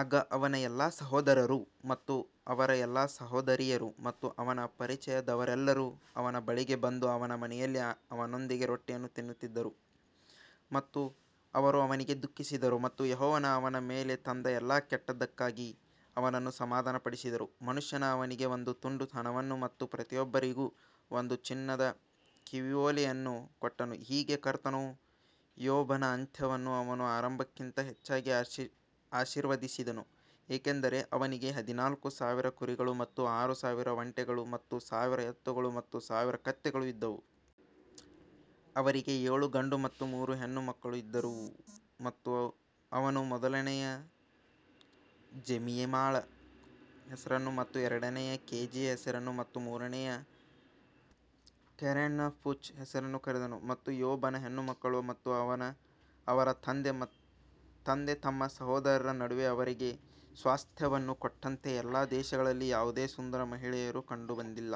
ಆಗ ಅವನ ಎಲ್ಲಾ ಸಹೋದರರು ಮತ್ತು ಅವರ ಎಲ್ಲಾ ಸಹೋದರಿಯರು ಮತ್ತು ಅವನ ಪರಿಚಯದವರೆಲ್ಲರೂ ಅವನ ಬಳಿಗೆ ಬಂದು ಅವನ ಮನೆಯಲ್ಲಿ ಅವನೊಂದಿಗೆ ರೊಟ್ಟಿಯನ್ನು ತಿನ್ನುತ್ತಿದ್ದರು ಮತ್ತು ಅವರು ಅವನಿಗೆ ದುಃಖಿಸಿದರು ಮತ್ತು ಯೆಹೋವನು ಅವನ ಮೇಲೆ ತಂದ ಎಲ್ಲಾ ಕೆಟ್ಟದ್ದಕ್ಕಾಗಿ ಅವನನ್ನು ಸಮಾಧಾನಪಡಿಸಿದರು. ಮನುಷ್ಯನು ಅವನಿಗೆ ಒಂದು ತುಂಡು ಹಣವನ್ನು ಮತ್ತು ಪ್ರತಿಯೊಬ್ಬರಿಗೂ ಒಂದು ಚಿನ್ನದ ಕಿವಿಯೋಲೆಯನ್ನು ಕೊಟ್ಟನು ಹೀಗೆ ಕರ್ತನು ಯೋಬನ ಅಂತ್ಯವನ್ನು ಅವನ ಆರಂಭಕ್ಕಿಂತ ಹೆಚ್ಚಾಗಿ ಆಶೀರ್ವದಿಸಿದನು, ಏಕೆಂದರೆ ಅವನಿಗೆ ಹದಿನಾಲ್ಕು ಸಾವಿರ ಕುರಿಗಳು ಮತ್ತು ಆರು ಸಾವಿರ ಒಂಟೆಗಳು ಮತ್ತು ಸಾವಿರ ಎತ್ತುಗಳು ಮತ್ತು ಸಾವಿರ ಕತ್ತೆಗಳು ಇದ್ದವು. ಅವರಿಗೆ ಏಳು ಗಂಡು ಮತ್ತು ಮೂರು ಹೆಣ್ಣು ಮಕ್ಕಳೂ ಇದ್ದರು ಮತ್ತು ಅವನು ಮೊದಲನೆಯ ಜೆಮಿಮಾಳ ಹೆಸರನ್ನು ಮತ್ತು ಎರಡನೆಯ ಕೆಜಿಯ ಹೆಸರನ್ನು ಮತ್ತು ಮೂರನೆಯ ಕೆರೆನ್ಹಪ್ಪುಚ್ ಹೆಸರನ್ನು ಕರೆದನು. ಮತ್ತು ಯೋಬನ ಹೆಣ್ಣುಮಕ್ಕಳು ಮತ್ತು ಅವರ ತಂದೆ ತಮ್ಮ ಸಹೋದರರ ನಡುವೆ ಅವರಿಗೆ ಸ್ವಾಸ್ತ್ಯವನ್ನು ಕೊಟ್ಟಂತೆ ಎಲ್ಲಾ ದೇಶಗಳಲ್ಲಿ ಯಾವುದೇ ಸುಂದರ ಮಹಿಳೆಯರು ಕಂಡುಬಂದಿಲ್ಲ.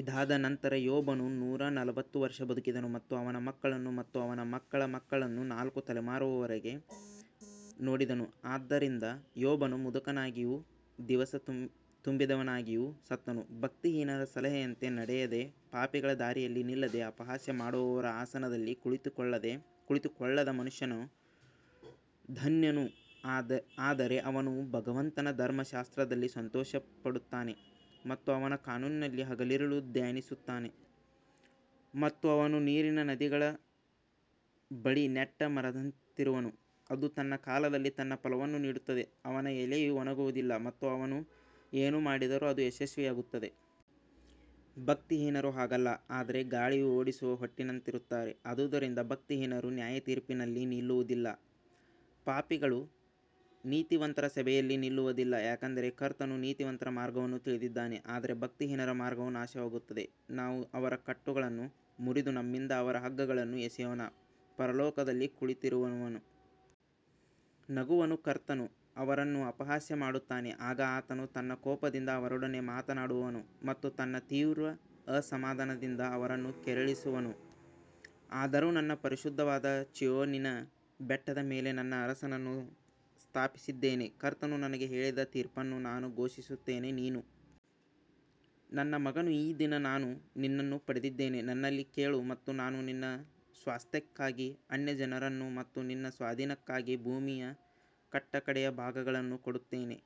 ಇದಾದ ನಂತರ ಯೋಬನು ನೂರ ನಲವತ್ತು ವರ್ಷ ಬದುಕಿದನು ಮತ್ತು ಅವನ ಮಕ್ಕಳನ್ನು ಮತ್ತು ಅವನ ಮಕ್ಕಳ ಮಕ್ಕಳನ್ನು ನಾಲ್ಕು ತಲೆಮಾರುಗಳವರೆಗೆ ನೋಡಿದನು ಆದ್ದರಿಂದ ಯೋಬನು ಮುದುಕನಾಗಿಯೂ ದಿವಸ ತುಂಬಿದವನಾಗಿಯೂ ಸತ್ತನು ಭಕ್ತಿಹೀನರ ಸಲಹೆಯಂತೆ ನಡೆಯದೆ, ಪಾಪಿಗಳ ದಾರಿಯಲ್ಲಿ ನಿಲ್ಲದೆ, ಅಪಹಾಸ್ಯ ಮಾಡುವವರ ಆಸನದಲ್ಲಿ ಕುಳಿತುಕೊಳ್ಳದ ಮನುಷ್ಯನು ಧನ್ಯನು ಆದರೆ ಅವನು ಭಗವಂತನ ಧರ್ಮಶಾಸ್ತ್ರದಲ್ಲಿ ಸಂತೋಷಪಡುತ್ತಾನೆ ಮತ್ತು ಅವನ ಕಾನೂನಿನಲ್ಲಿ ಹಗಲಿರುಳು ಧ್ಯಾನಿಸುತ್ತಾನೆ ಮತ್ತು ಅವನು ನೀರಿನ ನದಿಗಳ ಬಳಿ ನೆಟ್ಟ ಮರದಂತಿರುವನು, ಅದು ತನ್ನ ಕಾಲದಲ್ಲಿ ತನ್ನ ಫಲವನ್ನು ನೀಡುತ್ತದೆ, ಅವನ ಎಲೆಯು ಒಣಗುವುದಿಲ್ಲ ಮತ್ತು ಅವನು ಏನು ಮಾಡಿದರೂ ಅದು ಯಶಸ್ವಿಯಾಗುತ್ತದೆ. ಭಕ್ತಿಹೀನರು ಹಾಗಲ್ಲ ಆದರೆ ಗಾಳಿಯು ಓಡಿಸುವ ಹೊಟ್ಟಿನಂತಿರುತ್ತಾರೆ ಆದುದರಿಂದ ಭಕ್ತಿಹೀನರು ನ್ಯಾಯತೀರ್ಪಿನಲ್ಲಿ ನಿಲ್ಲುವದಿಲ್ಲ, ಪಾಪಿಗಳು ನೀತಿವಂತರ ಸಭೆಯಲ್ಲಿ ನಿಲ್ಲುವದಿಲ್ಲ. ಯಾಕಂದರೆ ಕರ್ತನು ನೀತಿವಂತರ ಮಾರ್ಗವನ್ನು ತಿಳಿದಿದ್ದಾನೆ ಆದರೆ ಭಕ್ತಿಹೀನರ ಮಾರ್ಗವು ನಾಶವಾಗುತ್ತದೆ ನಾವು ಅವರ ಕಟ್ಟುಗಳನ್ನು ಮುರಿದು ನಮ್ಮಿಂದ ಅವರ ಹಗ್ಗಗಳನ್ನು ಎಸೆಯೋಣ ಪರಲೋಕದಲ್ಲಿ ಕುಳಿತಿರುವವನು ನಗುವನು ಕರ್ತನು ಅವರನ್ನು ಅಪಹಾಸ್ಯ ಮಾಡುತ್ತಾನೆ ಆಗ ಆತನು ತನ್ನ ಕೋಪದಿಂದ ಅವರೊಡನೆ ಮಾತನಾಡುವನು ಮತ್ತು ತನ್ನ ತೀವ್ರ ಅಸಮಾಧಾನದಿಂದ ಅವರನ್ನು ಕೆರಳಿಸುವನು ಆದರೂ ನನ್ನ ಪರಿಶುದ್ಧವಾದ ಚೀಯೋನಿನ ಬೆಟ್ಟದ ಮೇಲೆ ನನ್ನ ಅರಸನನ್ನು ಸ್ಥಾಪಿಸಿದ್ದೇನೆ ಕರ್ತನು ನನಗೆ ಹೇಳಿದ ತೀರ್ಪನ್ನು ನಾನು ಘೋಷಿಸುತ್ತೇನೆ, ನೀನು ನನ್ನ ಮಗನು ಈ ದಿನ ನಾನು ನಿನ್ನನ್ನು ಪಡೆದಿದ್ದೇನೆ ನನ್ನಲ್ಲಿ ಕೇಳು ಮತ್ತು ನಾನು ನಿನ್ನ ಸ್ವಾಸ್ತ್ಯಕ್ಕಾಗಿ ಅನ್ಯಜನರನ್ನು ಮತ್ತು ನಿನ್ನ ಸ್ವಾಧೀನಕ್ಕಾಗಿ ಭೂಮಿಯ ಕಟ್ಟಕಡೆಯ ಭಾಗಗಳನ್ನು ಕೊಡುತ್ತೇನೆ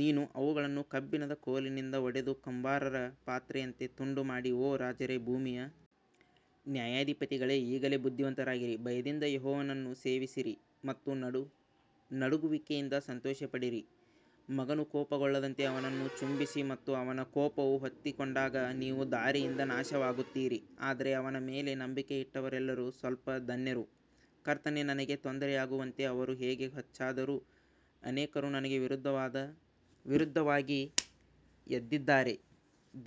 ನೀನು ಅವುಗಳನ್ನು ಕಬ್ಬಿಣದ ಕೋಲಿನಿಂದ ಒಡೆದು ಕುಂಬಾರರ ಪಾತ್ರೆಯಂತೆ ತುಂಡು ಮಾಡಿ ಓ ರಾಜರೇ, ಭೂಮಿಯ ನ್ಯಾಯಾಧಿಪತಿಗಳೇ, ಈಗಲೇ ಬುದ್ಧಿವಂತರಾಗಿರಿ ಭಯದಿಂದ ಯೆಹೋವನನ್ನು ಸೇವಿಸಿರಿ ಮತ್ತು ನಡುಗುವಿಕೆಯಿಂದ ಸಂತೋಷಪಡಿರಿ ಮಗನು ಕೋಪಗೊಳ್ಳದಂತೆ ಅವನನ್ನು ಚುಂಬಿಸಿ ಮತ್ತು ಅವನ ಕೋಪವು ಹೊತ್ತಿಕೊಂಡಾಗ ನೀವು ದಾರಿಯಿಂದ ನಾಶವಾಗುತ್ತೀರಿ ಆದರೆ ಅವನ ಮೇಲೆ ನಂಬಿಕೆ ಇಟ್ಟವರೆಲ್ಲರೂ ಸ್ವಲ್ಪ ಧನ್ಯರು ಕರ್ತನೇ, ನನಗೆ ತೊಂದರೆಯಾಗುವಂತೆ ಅವರು ಹೇಗೆ ಹೆಚ್ಚಾದರು, ಅನೇಕರು ನನಗೆ ವಿರುದ್ಧವಾಗಿ ಎದ್ದಿದ್ದಾರೆ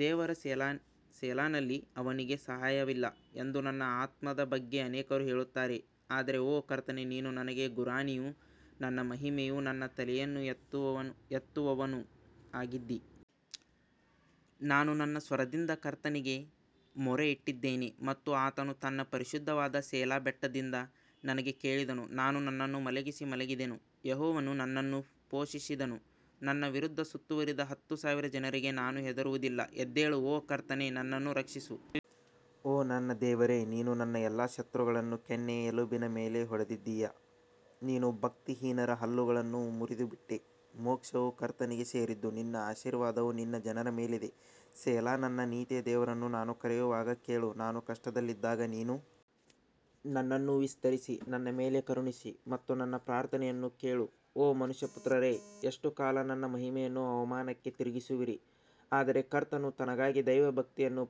ದೇವರ ಸೆಲಾನಲ್ಲಿ ಅವನಿಗೆ ಸಹಾಯವಿಲ್ಲ ಎಂದು ನನ್ನ ಆತ್ಮದ ಬಗ್ಗೆ ಅನೇಕರು ಹೇಳುತ್ತಾರೆ ಆದರೆ ಓ ಕರ್ತನೇ ನೀನು ನನಗೆ ಗುರಾಣಿಯೂ ನನ್ನ ಮಹಿಮೆಯೂ ನನ್ನ ತಲೆಯನ್ನು ಎತ್ತುವವನೂ ಆಗಿದ್ದೀ. ನಾನು ನನ್ನ ಸ್ವರದಿಂದ ಕರ್ತನಿಗೆ ಮೊರೆಯಿಟ್ಟಿದ್ದೇನೆ ಮತ್ತು ಆತನು ತನ್ನ ಪರಿಶುದ್ಧವಾದ ಸೆಲಾ ಬೆಟ್ಟದಿಂದ ನನಗೆ ಕೇಳಿದನು ನಾನು ನನ್ನನ್ನು ಮಲಗಿಸಿ ಮಲಗಿದೆನು, ಯೆಹೋವನು ನನ್ನನ್ನು ಪೋಷಿಸಿದನು ನನ್ನ ವಿರುದ್ಧ ಸುತ್ತುವರಿದ ಹತ್ತು ಸಾವಿರ ಜನರಿಗೆ ನಾನು ಹೆದರುವುದಿಲ್ಲ ಎದ್ದೇಳು ಓ ಕರ್ತನೇ ನನ್ನನ್ನು ರಕ್ಷಿಸು ಓ ನನ್ನ ದೇವರೇ ನೀನು ನನ್ನ ಎಲ್ಲಾ ಶತ್ರುಗಳನ್ನು ಕೆನ್ನೆಯ ಎಲುಬಿನ ಮೇಲೆ ಹೊಡೆದಿದ್ದೀಯ ನೀನು ಭಕ್ತಿಹೀನರ ಹಲ್ಲುಗಳನ್ನು ಮುರಿದುಬಿಟ್ಟೆ ಮೋಕ್ಷವು ಕರ್ತನಿಗೆ ಸೇರಿದ್ದು ನಿನ್ನ ಆಶೀರ್ವಾದವು ನಿನ್ನ ಜನರ ಮೇಲಿದೆ ಸೆಲಾ ನನ್ನ ನೀತಿಯ ದೇವರನ್ನು ನಾನು ಕರೆಯುವಾಗ ಕೇಳು, ನಾನು ಕಷ್ಟದಲ್ಲಿದ್ದಾಗ ನೀನು ನನ್ನನ್ನು ವಿಸ್ತರಿಸಿ ನನ್ನ ಮೇಲೆ ಕರುಣಿಸು ಮತ್ತು ನನ್ನ ಪ್ರಾರ್ಥನೆಯನ್ನು ಕೇಳು ಓ ಮನುಷ್ಯಪುತ್ರರೇ, ಎಷ್ಟು ಕಾಲ ನನ್ನ ಮಹಿಮೆಯನ್ನು ಅವಮಾನಕ್ಕೆ ತಿರುಗಿಸುವಿರಿ ಆದರೆ ಕರ್ತನು ತನಗಾಗಿ ದೈವಭಕ್ತಿಯನ್ನು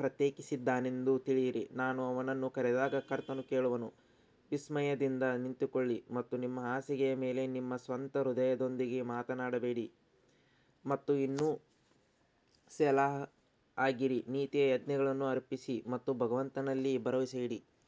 ಪ್ರತ್ಯೇಕಿಸಿದ್ದಾನೆಂದು ತಿಳಿಯಿರಿ, ನಾನು ಅವನನ್ನು ಕರೆದಾಗ ಕರ್ತನು ಕೇಳುವನು ವಿಸ್ಮಯದಿಂದ ನಿಂತುಕೊಳ್ಳಿ ಮತ್ತು ನಿಮ್ಮ ಹಾಸಿಗೆಯ ಮೇಲೆ ನಿಮ್ಮ ಸ್ವಂತ ಹೃದಯದೊಂದಿಗೆ ಮಾತನಾಡಬೇಡಿ ಮತ್ತು ಇನ್ನೂ ಸೆಲಾಹ್ ಆಗಿರಿ ನೀತಿಯ ಯಜ್ಞಗಳನ್ನು ಅರ್ಪಿಸಿ ಮತ್ತು ಭಗವಂತನಲ್ಲಿ ಭರವಸೆಯಿಡಿ.